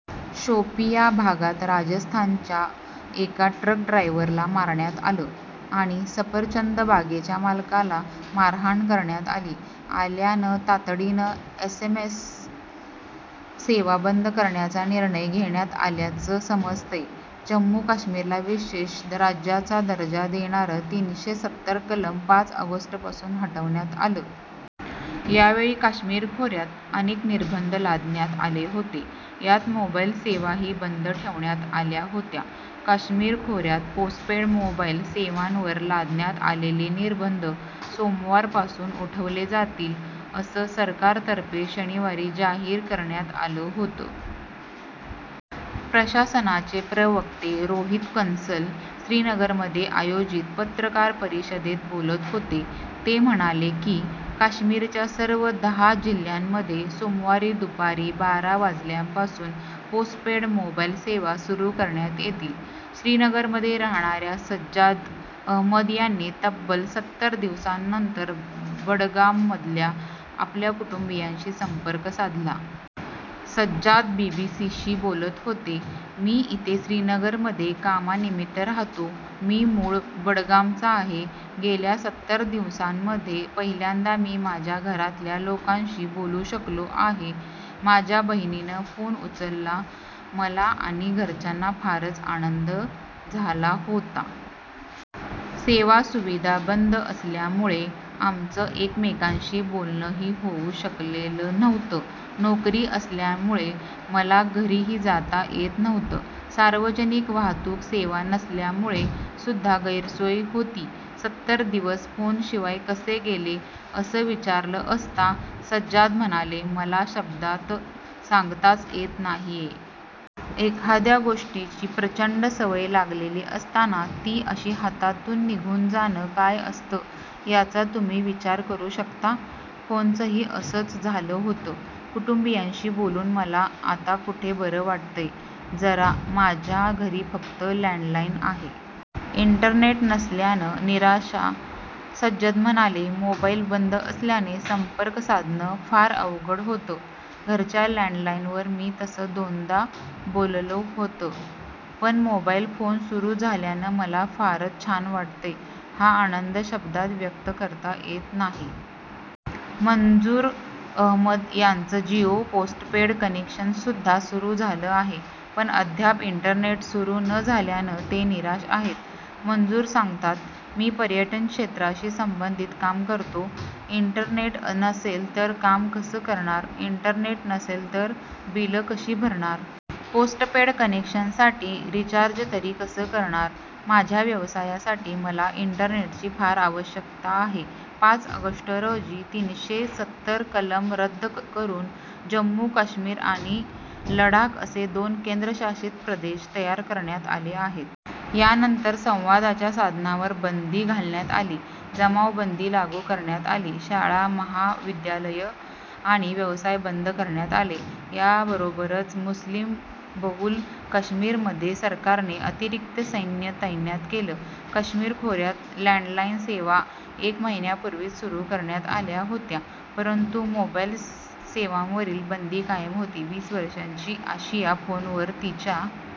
शोपिया भागात राजस्थानच्या एका ट्रक ड्रायव्हरला मारण्यात आलं आणि सफरचंद बागेच्या मालकाला मारहाण करण्यात आल्यानं तातडीनं एसएमएस सेवा बंद करण्याचा निर्णय घेण्यात आल्याचं समजतंय. जम्मू काश्मीरला विशेष राज्याचा दर्जा देणारं तीनशे सत्तर कलम पाच ऑगस्टपासून हटवण्यात आलं. यावेळी काश्मीर खोऱ्यात अनेक निर्बंध लादण्यात आले होते, यात मोबाईल सेवाही बंद ठेवण्यात आल्या होत्या. काश्मीर खोऱ्यात पोस्टपेड मोबाईल सेवांवर लादण्यात आलेले निर्बंध सोमवार पासून उठवले जातील, असं सरकारतर्फे शनिवारी जाहीर करण्यात आलं होतं. प्रशासनाचे प्रवक्ते रोहीत कंसल श्रीनगरमध्ये आयोजित पत्रकार परिषदेत बोलत होते. ते म्हणाले की, काश्मीरच्या सर्व दहा जिल्ह्यांमध्ये सोमवारी दुपारी बारा वाजल्यापासून पोस्टपेड मोबाईल सेवा सुरू करण्यात येतील. श्रीनगरमध्ये राहणाऱ्या सज्जाद अहमद यांनी तब्बल सत्तर दिवसांनंतर बडगाममधल्या आपल्या कुटुंबीयांशी संपर्क साधला. सज्जाद बीबीसीशी बोलत होते, मी इथे श्रीनगरमध्ये कामानिमित्त राहतो. मी मूळ बडगामचा आहे. गेल्या सत्तर दिवसांमध्ये पहिल्यांदा मी माझ्या घरातल्या लोकांशी बोलू शकलो आहे. माझ्या बहिणीनं फोन उचलला. मला आणि घरच्यांना फारच आनंद झाला होता. सेवासुविधा बंद असल्यामुळे आमचं एकमेकांशी बोलणंही होऊ शकलेलं नव्हतं. नोकरी असल्यामुळे मला घरीही जाता येत नव्हतं. सार्वजनिक वाहतूक सेवा नसल्यामुळे सुद्धा गैरसोय होती. सत्तर दिवस फोनशिवाय कसे गेले, असं विचारलं असता सज्जाद म्हणाले, मला शब्दांत सांगताच येत नाहीये. एखाद्या गोष्टीची प्रचंड सवय लागलेली असताना ती अशी हातातून निघून जाणं काय असतं याचा तुम्ही विचार करू शकता. फोनचंही असंच झालं होतं. कुटुंबीयांशी बोलून मला आता कुठे बरं वाटतंय जरा. माझ्या घरी फक्त लँडलाइन आहे. इंटरनेट नसल्यानं निराशा सज्जद म्हणाले, मोबाईल बंद असल्याने संपर्क साधणं फार अवघड होतं. घरच्या लँडलाइनवर मी तसं दोनदा बोललो होतं. पण मोबाईल फोन सुरू झाल्यानं मला फारच छान वाटतंय. हा आनंद शब्दांत व्यक्त करता येत नाही. मंजूर अहमद यांचं जिओ पोस्टपेड कनेक्शनसुद्धा सुरू झालं आहे. पण अद्याप इंटरनेट सुरू न झाल्यानं ते निराश आहेत. मंजूर सांगतात, मी पर्यटन क्षेत्राशी संबंधित काम करतो. इंटरनेट नसेल तर काम कसं करणार. इंटरनेट नसेल तर बिलं कशी भरणार. पोस्टपेड कनेक्शनसाठी रिचार्ज तरी कसं करणार. माझ्या व्यवसायासाठी मला इंटरनेटची फार आवश्यकता आहे. पाच ऑगस्ट रोजी तीनशे सत्तर कलम रद्द करून जम्मू काश्मीर आणि लडाख असे दोन केंद्रशासित प्रदेश तयार करण्यात आले आहेत. यानंतर संवादाच्या साधनांवर बंदी घालण्यात आली, जमावबंदी लागू करण्यात आली. शाळा, महाविद्यालयं आणि व्यवसाय बंद करण्यात आले. याबरोबरच मुस्लीमबहुल काश्मीरमध्ये सरकारने अतिरिक्त सैन्य तैनात केलं. काश्मीर खोऱ्यात लँडलाईन सेवा एक महिन्यापूर्वीच सुरू करण्यात आल्या होत्या, परंतु मोबाईल सेवांवरील बंदी कायम होती. वीस वर्षांची आशिया फोनवर तिच्या